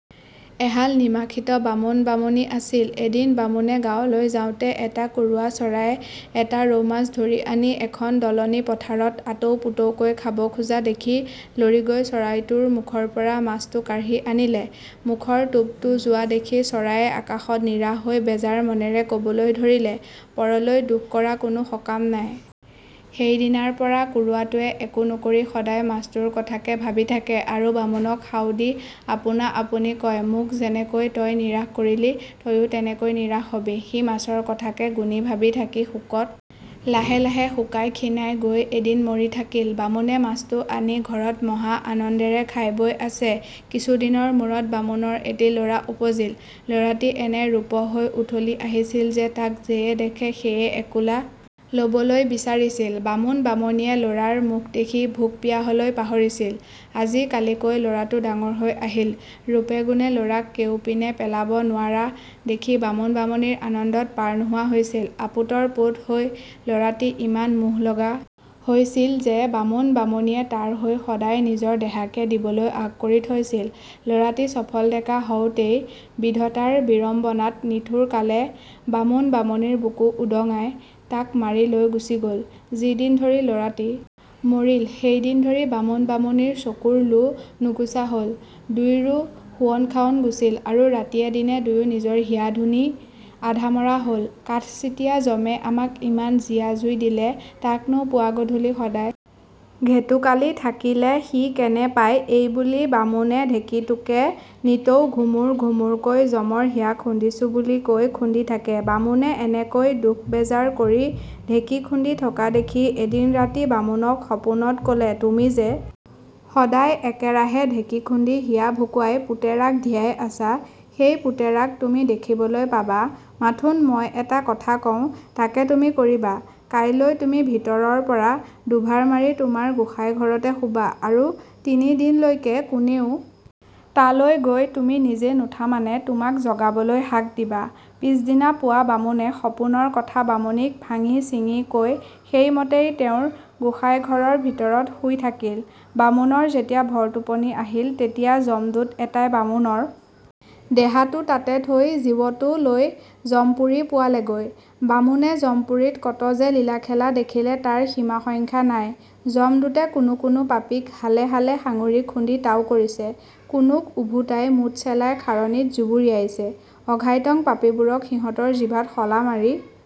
এহাল নিমাখিত বামুণ বামুণী আছিল৷ এদিন বামুণে গাঁৱলৈ যাওঁতে এটা কুৰুৱা চৰায়ে এটা ৰৌ মাছ ধৰি আনি এখন দলনি পথাৰত আতৌপুতৌকৈ খাব খোজা দেখি লৰি গৈ চৰাইটোৰ মুখৰপৰা মাছটো কাঢ়ি আনিলে৷ মুখৰ টোপটো যোৱা দেখি চৰায়ে আকাশত নিৰাশ হৈ বেজাৰ মনেৰে কবলৈ ধৰিলে,-"পৰলৈ দুখ কৰা কোনো সকাম নাই! " সেই দিনাৰপৰা কুৰুৱাটোৱে একো নকৰি সদায় মাছটোৰ কথাকে ভাবি থাকে আৰু বামুণক শাও দি আপোনা-আপুনি কয়, "মোক যেনেকৈ তই নিৰাশ কৰিলি, তয়ো তেনেকৈ নিৰাশ হ'বি! " সি মাছৰ কথাকে গুণি-ভাবি থাকি শোকত লাহে লাহে শুকাই-ক্ষীণাই গৈ এদিন মৰি থাকিল৷ বামুণে মাছটো আনি ঘৰত মহা আনন্দেৰে খাই-বৈ আছে৷ কিছুদিনৰ মূৰত বামুণৰ এটি ল'ৰা উপজিল৷ ল'ৰাটি এনে ৰূপহ হৈ উথলি আহিছিল যে, তাক যেয়ে দেখে সেয়ে একোলা ল'বলৈ বিচাৰিছিল৷ বামুণ বামুণীয়ে ল'ৰাৰ মুখ দেখি ভোক-পিয়াহলৈ পাহৰিছিল৷ আজি কালিকৈ ল'ৰাটো ডাঙৰ হৈ আহিল৷ ৰূপে গুণে ল'ৰাক কেউপিনে পেলাব নোৱাৰা দেখি বামুণ-বামুণীৰ আনন্দত পাৰ নোহোৱা হৈছিল৷ আপুতৰ পুত হৈ ল'ৰাটি ইমান মোহ-লগা হৈছিল যে বামুণ-বামুণীয়ে তাৰ হৈ সদায় নিজৰ দেহাকে দিবলৈ আগ কৰি থৈছিল৷ ল'ৰাটি চফল ডেকা হওঁতেই বিধতাৰ বিৰম্বণাত নিঠুৰ কালে বামুণ বামুণীৰ বুকু উদঙাই তাক মাৰি লৈ গুচি গ'ল৷ যি দিন ধৰি ল'ৰাটি মৰিল সেই দিন ধৰি বামুণ বামুণীৰ চকুৰ লো নুগুচা হ'ল৷ দুইৰো শোৱন-খাৱন গুচিল, আৰু ৰাতিয়ে দিনে দুয়ো নিজৰ হিয়া ধুনি আধামৰা হ'ল৷ "কাঠচিতীয়া যমে আমাক ইমান জীয়া জুই দিলে, তাক নো পুৱা-গধূলি সদায় ঘেটুকালি থাকিলে সি কেনে পায়" এইবুলি বামুণে ঢেঁকীটোকে নিতৌ ঘুমুৰ ঘুমুৰকৈ, যমৰ হিয়া খুন্দিছোঁ বুলি কৈ, খুন্দি থাকে৷ বামুণে এনেকৈ দুখ-বেজাৰ কৰি ঢেঁকী খুন্দি থকা দেখি, এদিন ৰাতি বামুণক সপোনত কলে, "তুমি যে সদায় একেৰাহে ঢেঁকী খুন্দি হিয়া ভুকুৱাই পুতেৰাক ধিয়াই আছা, সেই পুতেৰাক তুমি দেখিবলৈ পাবা; মাথোন মই এটা কথা কওঁ তাকে তুমি কৰিবা-কাইলৈ তুমি ভিতৰৰপৰা দুভাৰ মাৰি তোমাৰ গোঁসাই-ঘৰতে শুবা, আৰু তিনি দিনলৈকে কোনেও তালৈ গৈ তুমি নিজে নুঠা মানে, তোমাক জগাবলৈ হাক দিবা৷" পিছদিনা পুৱা বামুণে সপোনৰ কথা বামুণীক ভাঙিছিঙি কৈ সেই মতেই তেওঁৰ গোঁসাই-ঘৰৰ ভিতৰত শুই থাকিল৷ বামুণৰ যেতিয়া ভৰ-টোপনি আহিল, তেতিয়া যমদূত এটাই বামুণৰ দেহাটো তাতে থৈ জীৱটো লৈ যমপুৰি পোৱালেগৈ৷ বামুণে যমপুৰীত কত যে লীলাখেলা দেখিলে তাৰ সীমা-সংখ্যা নাই; যমদূতে কোনো কোনো পাপীক হালে হালে সাঙুৰি খুন্দি তাও কৰিছে; কোনোক ওভোটাই মোট চেলাই খাৰণীত জুবুৰিয়াইছে; অঘাইটং পাপীবোৰক সিহঁতৰ জিভাত শলা মাৰি